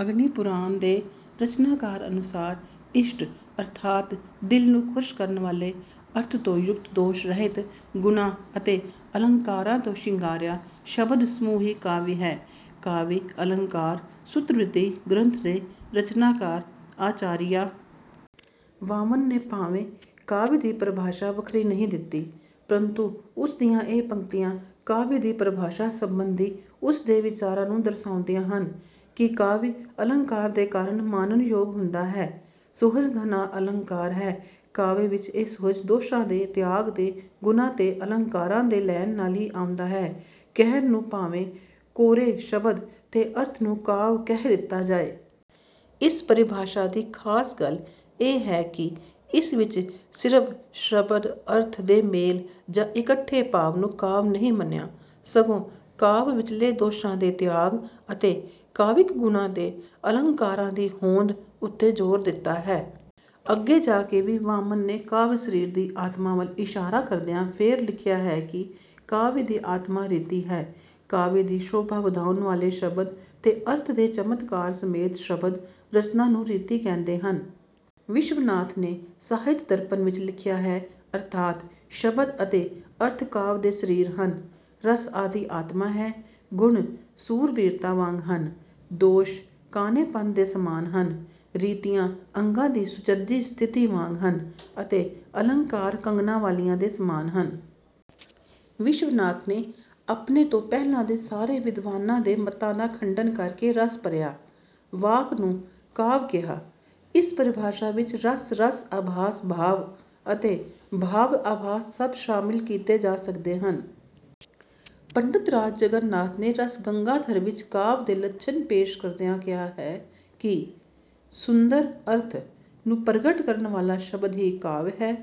ਅਗਨੀਪੁਰਾਣ ਦੇ ਰਚਨਾਕਾਰ ਅਨੁਸਾਰ ਇਸ਼ਟ ਅਰਥਾਤ ਦਿਲ ਨੂੰ ਖੁਸ਼ ਕਰਨ ਵਾਲੇ ਅਰਥ ਤੋਂ ਯੁਕਤ ਦੋਸ਼ ਰਹਿਤ ਗੁਣਾਂ ਅਤੇ ਅਲੰਕਾਰਾਂ ਤੋਂ ਸ਼ਿੰਗਾਰਿਆ ਸ਼ਬਦ ਸਮੂਹ ਹੀ ਕਾਵਿ ਹੈ। ਕਾਵਿ ਅਲੰਕਾਰ ਸੂਤਰਵ੍ਰਿਤੀ ਗ੍ਰੰਥ ਦੇ ਰਚਨਾਕਾਰ ਆਚਾਰੀਆ ਵਾਮਨ ਨੇ ਭਾਵੇਂ ਕਾਵਿ ਦੀ ਪਰਿਭਾਸ਼ਾ ਵੱਖਰੀ ਨਹੀਂ ਦਿੱਤੀ ਪਰੰਤੂ ਉਸਦੀਆਂ ਇਹ ਪੰਕਤੀਆਂ ਕਾਵਿ ਦੀ ਪਰਿਭਾਸ਼ਾ ਸਬੰਧੀ ਉਸ ਦੇ ਵਿਚਾਰਾਂ ਨੂੰ ਦਰਸਾਉਂਦੀਆਂ ਹਨ ਕਿ ਕਾਵਿ ਅਲੰਕਾਰ ਦੇ ਕਾਰਨ ਮਾਨਣ ਯੋਗ ਹੁੰਦਾ ਹੈ ਸੁਹਜ ਦਾ ਨਾਂ ਅਲੰਕਾਰ ਹੈ ਕਾਵਿ ਵਿੱਚ ਇਹ ਸੁਹਜ ਦੋਸ਼ਾਂ ਦੇ ਤਿਆਗ ਤੇ ਗੁਣਾਂ ਤੇ ਅਲੰਕਾਰਾਂ ਦੇ ਲੈਣ ਨਾਲ ਹੀ ਆਉਂਦਾ ਹੈ ਕਹਿਣ ਨੂੰ ਭਾਵੇਂ ਕੋਰੇ ਸ਼ਬਦ ਤੇ ਅਰਥ ਨੂੰ ਕਾਵਿ ਕਹਿ ਦਿੱਤਾ ਜਾਏ। ਇਸ ਪਰਿਭਾਸ਼ਾ ਦੀ ਖਾਸ ਗੱਲ ਇਹ ਹੈ ਕਿ ਇਸ ਵਿੱਚ ਸਿਰਫ ਸ਼ਬਦ ਅਰਥ ਦੇ ਮੇਲ ਜਾਂ ਇਕੱਠੇ ਭਾਵ ਨੂੰ ਕਾਵਿ ਨਹੀਂ ਮੰਨਿਆ ਸਗੋਂ ਕਾਵਿ ਵਿੱਚਲੇ ਦੋਸ਼ਾਂ ਦੇ ਤਿਆਗ ਅਤੇ ਕਾਵਿਕ ਗੁਣਾਂ ਤੇ ਅਲੰਕਾਰਾਂ ਦੀ ਹੋਂਦ ਉੱਤੇ ਜ਼ੋਰ ਦਿੱਤਾ ਹੈ। ਅੱਗੇ ਜਾ ਕੇ ਵਾਮਨ ਨੇ ਕਾਵਿ ਸਰੀਰ ਦੀ ਆਤਮਾ ਵੱਲ ਇਸ਼ਾਰਾ ਕਰਦਿਆਂ ਫੇਰ ਲਿਖਿਆ ਹੈ ਕਿ ਕਾਵਿ ਦੀ ਆਤਮਾ ਰੀਤੀ ਹੈ। ਕਾਵਿ ਦੀ ਸ਼ੋਭਾ ਵਧਾਉਣ ਵਾਲੇ ਸ਼ਬਦ ਤੇ ਅਰਥ ਦੇ ਚਮਤਕਾਰ ਸਮੇਤ ਸ਼ਬਦ ਰਚਨਾ ਨੂੰ ਰੀਤੀ ਕਹਿੰਦੇ ਹਨ। ਵਿਸ਼ਵਨਾਥ ਨੇ ਸਾਹਿਤ ਦਰਪਣ ਵਿੱਚ ਲਿਖਿਆ ਹੈ ਅਰਥਾਤ ਸ਼ਬਦ ਅਤੇ ਅਰਥ ਕਾਵਿ ਦੇ ਸਰੀਰ ਹਨ ਰਸ ਆਦਿ ਆਤਮਾ ਹੈ ਗੁਣ ਸੂਰਬੀਰਤਾ ਵਾਂਗ ਹਨ ਦੋਸ਼ ਕਾਣੇਪਨ ਦੇ ਸਮਾਨ ਹਨ ਰੀਤੀਆਂ ਅੰਗਾਂ ਦੀ ਸੁਚੱਜੀ ਸਥਿਤੀ ਵਾਂਗ ਹਨ ਅਤੇ ਅਲੰਕਾਰ ਕੰਗਣਾਂ ਵਾਲੀਆਂ ਦੇ ਸਮਾਨ ਹਨ। ਵਿਸ਼ਵਨਾਥ ਨੇ ਆਪਣੇ ਤੋਂ ਪਹਿਲਾਂ ਦੇ ਸਾਰੇ ਵਿਦਵਾਨਾਂ ਦੇ ਮੱਤਾਂ ਦਾ ਖੰਡਨ ਕਰਕੇ ਰਸ ਭਰਿਆ ਵਾਕ ਨੂੰ ਕਾਵਿ ਕਿਹਾ ਇਸ ਪਰਿਭਾਸ਼ਾ ਵਿੱਚ ਰਸ ਰਸ ਆਭਾਸ ਭਾਵ ਅਤੇ ਭਾਵ ਆਭਾਸ ਸਭ ਸ਼ਾਮਿਲ ਕੀਤੇ ਜਾ ਸਕਦੇ ਹਨ। ਪੰਡਿਤਰਾਜ ਜਗਨਾਥ ਨੇ ਰਸ ਗੰਗਾਧਰ ਵਿੱਚ ਕਾਵਿ ਦੇ ਲੱਛਣ ਪੇਸ਼ ਕਰਦਿਆਂ ਕਿਹਾ ਹੈ ਕਿ ਸੁੰਦਰ ਅਰਥ ਨੂੰ ਪ੍ਰਗਟ ਕਰਨ ਵਾਲਾ ਸ਼ਬਦ ਹੀ ਕਾਵਿ ਹੈ।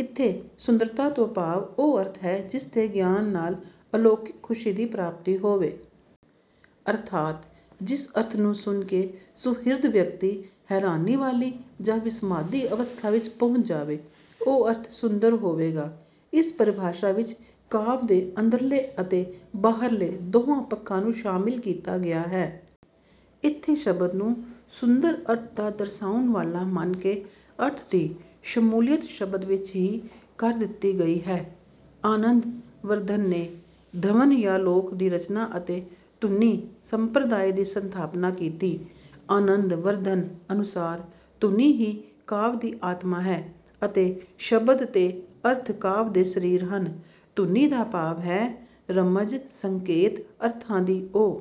ਇਥੇ ਸੁੰਦਰਤਾ ਤੋਂ ਭਾਵ ਉਹ ਅਰਥ ਹੈ ਜਿਸ ਦੇ ਗਿਆਨ ਨਾਲ ਅਲੌਕਿਕ ਖੁਸ਼ੀ ਦੀ ਪ੍ਰਾਪਤੀ ਹੋਵੇ। ਅਰਥਾਤ ਜਿਸ ਅਰਥ ਨੂੰ ਸੁਣ ਕੇ ਸੁਹਿਰਦ ਵਿਅਕਤੀ ਹੈਰਾਨੀ ਵਾਲੀ ਜਾਂ ਵਿਸਮਾਦੀ ਅਵਸਥਾ ਵਿੱਚ ਪਹੁੰਚ ਜਾਵੇ ਉਹ ਅਰਥ ਸੁੰਦਰ ਹੋਵੇਗਾ। ਇਸ ਪਰਿਭਾਸ਼ਾ ਵਿੱਚ ਕਾਵਿ ਦੇ ਅੰਦਰਲੇ ਅਤੇ ਬਾਹਰਲੇ ਦੋਹਾਂ ਪੱਖਾਂ ਨੂੰ ਸ਼ਾਮਿਲ ਕੀਤਾ ਗਿਆ ਹੈ। ਇਥੇ ਸ਼ਬਦ ਨੂੰ ਸੁੰਦਰ ਅਰਥ ਦਾ ਦਰਸਾਉਣ ਵਾਲਾ ਮੰਨ ਕੇ ਅਰਥ ਦੀ ਸ਼ਮੂਲੀਅਤ ਸ਼ਬਦ ਵਿੱਚ ਹੀ ਕਰ ਦਿੱਤੀ ਗਈ ਹੈ। ਆਨੰਦ ਵਰਧਨ ਨੇ ਧਵਨਯਾਲੋਕ ਦੀ ਰਚਨਾ ਅਤੇ ਧੁਨੀ ਸੰਪਰਦਾਇ ਦੀ ਸਥਾਪਨਾ ਕੀਤੀ। ਆਨੰਦ ਵਰਧਨ ਅਨੁਸਾਰ ਧੁਨੀ ਹੀ ਕਾਵਿ ਦੀ ਆਤਮਾ ਹੈ ਅਤੇ ਸ਼ਬਦ ਤੇ ਅਰਥ ਕਾਵਿ ਦੇ ਸਰੀਰ ਹਨ। ਧੁਨੀ ਦਾ ਭਾਵ ਹੈ ਰਮਜ਼ ਸੰਕੇਤ ਅਰਥਾਂ ਦੀ ਉਹ